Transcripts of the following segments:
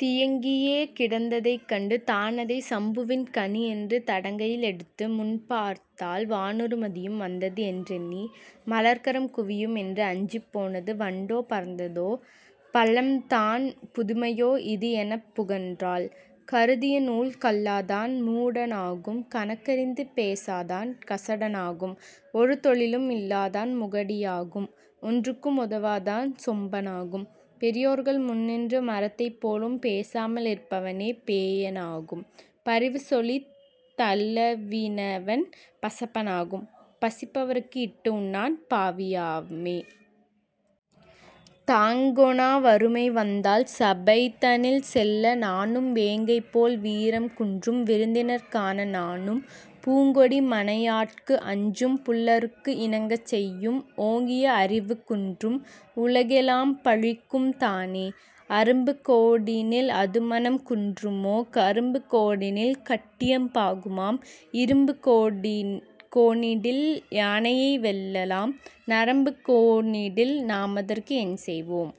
தியங்கியே கிடந்ததைக் கண்டு தானதைச் சம்புவின் கனி என்று தடங்கையில் எடுத்துமுன் பார்த்தாள் வானுறு மதியும் வந்தது என்றெண்ணி மலர்கரம் குவியும் என்று அஞ்சிப் போனது வண்டோ பறந்ததோ பழம் தான் புதுமையோ இது எனப் புகன்றாள்.. கருதிய நூல் கல்லாதான் மூடனாகும் கணக்கறிந்து பேசாதான் கசடனாகும் ஒரு தொழிலும் இல்லாதான் முகடியாகும் ஒன்றுக்கும் உதவாதான் சோம்பனாகும் பெரியோர்கள் முன்னின்று மரத்தைப் போலும் பேசாமல் இருப்பவனே பேயனாகும் பரிவு சொலித் தழிவினவன் பசப்பனாகும் பசிப்பவருக்கு இட்டு உண்ணான் பாவியாமே.. தாங்கொணா வறுமை வந்தால் சபைதனில் செல்ல நாணும் வேங்கை போல் வீரம் குன்றும் விருந்தினர் காண நாணும் பூங்கொடி மனையாட்கு அஞ்சும் புல்லருக்கு இணங்கச் செய்யும் ஓங்கிய அறிவு குன்றும் உலகெலாம் பழிக்கும் தானே.. அரும்பு கோணிடில் அதுமணம் குன்றுமோ கரும்பு கோணிடில் கட்டியம் பாகுமாம் இரும்பு கோணிடில் யானையை வெல்லலாம் நரம்பு கோணிடில் நாமதற்கு என் செய்வோம்?.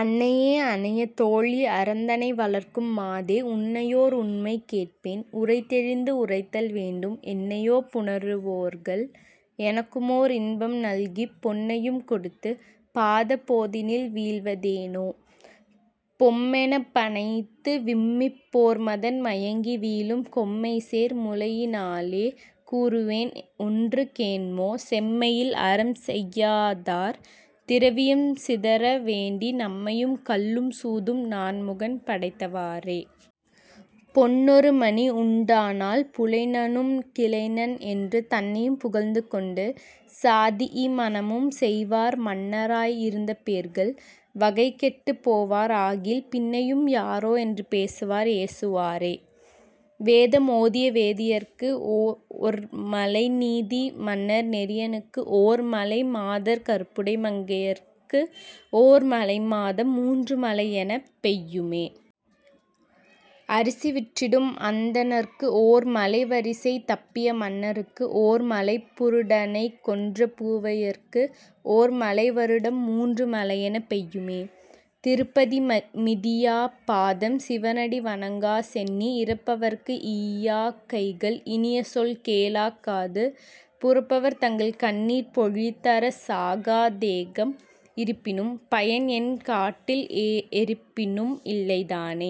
அன்னையே அனைய தோழி அறந்தனை வளர்க்கும் மாதே உன்னையோர் உண்மை கேட்பேன் உரை தெளிந்து உரைத்தல் வேண்டும் என்னையோ புணருவோர்கள் எனக்குமோர் இன்பம் நல்கிப் பொன்னையும் கொடுத்துப் பாதப் போதினில் வீழ்வதேனோ?. பொம்மெனப் பணைத்து விம்மிப் போர்மதன் மயங்கி வீழும் கொம்மைசேர் முலையினாளே கூறுவேன் ஒன்று கேண்மோ செம்மையில் அறம் செய்யாதார் திரவியம் சிதற வேண்டி நம்மையும் கள்ளும் சூதும் நான்முகன் படைத்தவாறே!. பொன்னொரு மணி உண்டானால் புலைஞனும் கிளைஞன் என்று தன்னையும் புகழ்ந்து கொண்டு சாதியி மணமும் செய்வார் மன்னராய் இருந்த பேர்கள் வகைகெட்டுப் போவார் ஆகில் பின்னையும் யாரோ என்று பேசுவார் ஏசுவாரே!. வேதம் ஓதிய வேதியர்க்கு ஒர் மழை நீதி மன்னர் நெறியனுக்கு ஓர் மழை மாதர் கற்புடை மங்கையர்க்கு ஓர் மழை மாதம் மூன்று மழைஎனப் பெய்யுமே.. அரிசி விற்றிடும் அந்தணர்க்கு ஓர் மழை வரிசை தப்பிய மன்னருக்கு ஓர் மழை புருடனைக் கொன்ற பூவையர்க்கு ஓர் மழை வருடம் மூன்று மழையெனப் பெய்யுமே.. திருப்பதி மிதியாப் பாதம் சிவனடி வணங்காச் சென்னி இரப்பவர்க்கு ஈயாக் கைகள் இனிய சொல் கேளாக் காது புரப்பவர் தங்கள் கண்ணீர் பொழிதரச் சாகாத் தேகம் இருப்பினும் பயன் என் காட்டில் எரிப்பினும் இல்லை தானே..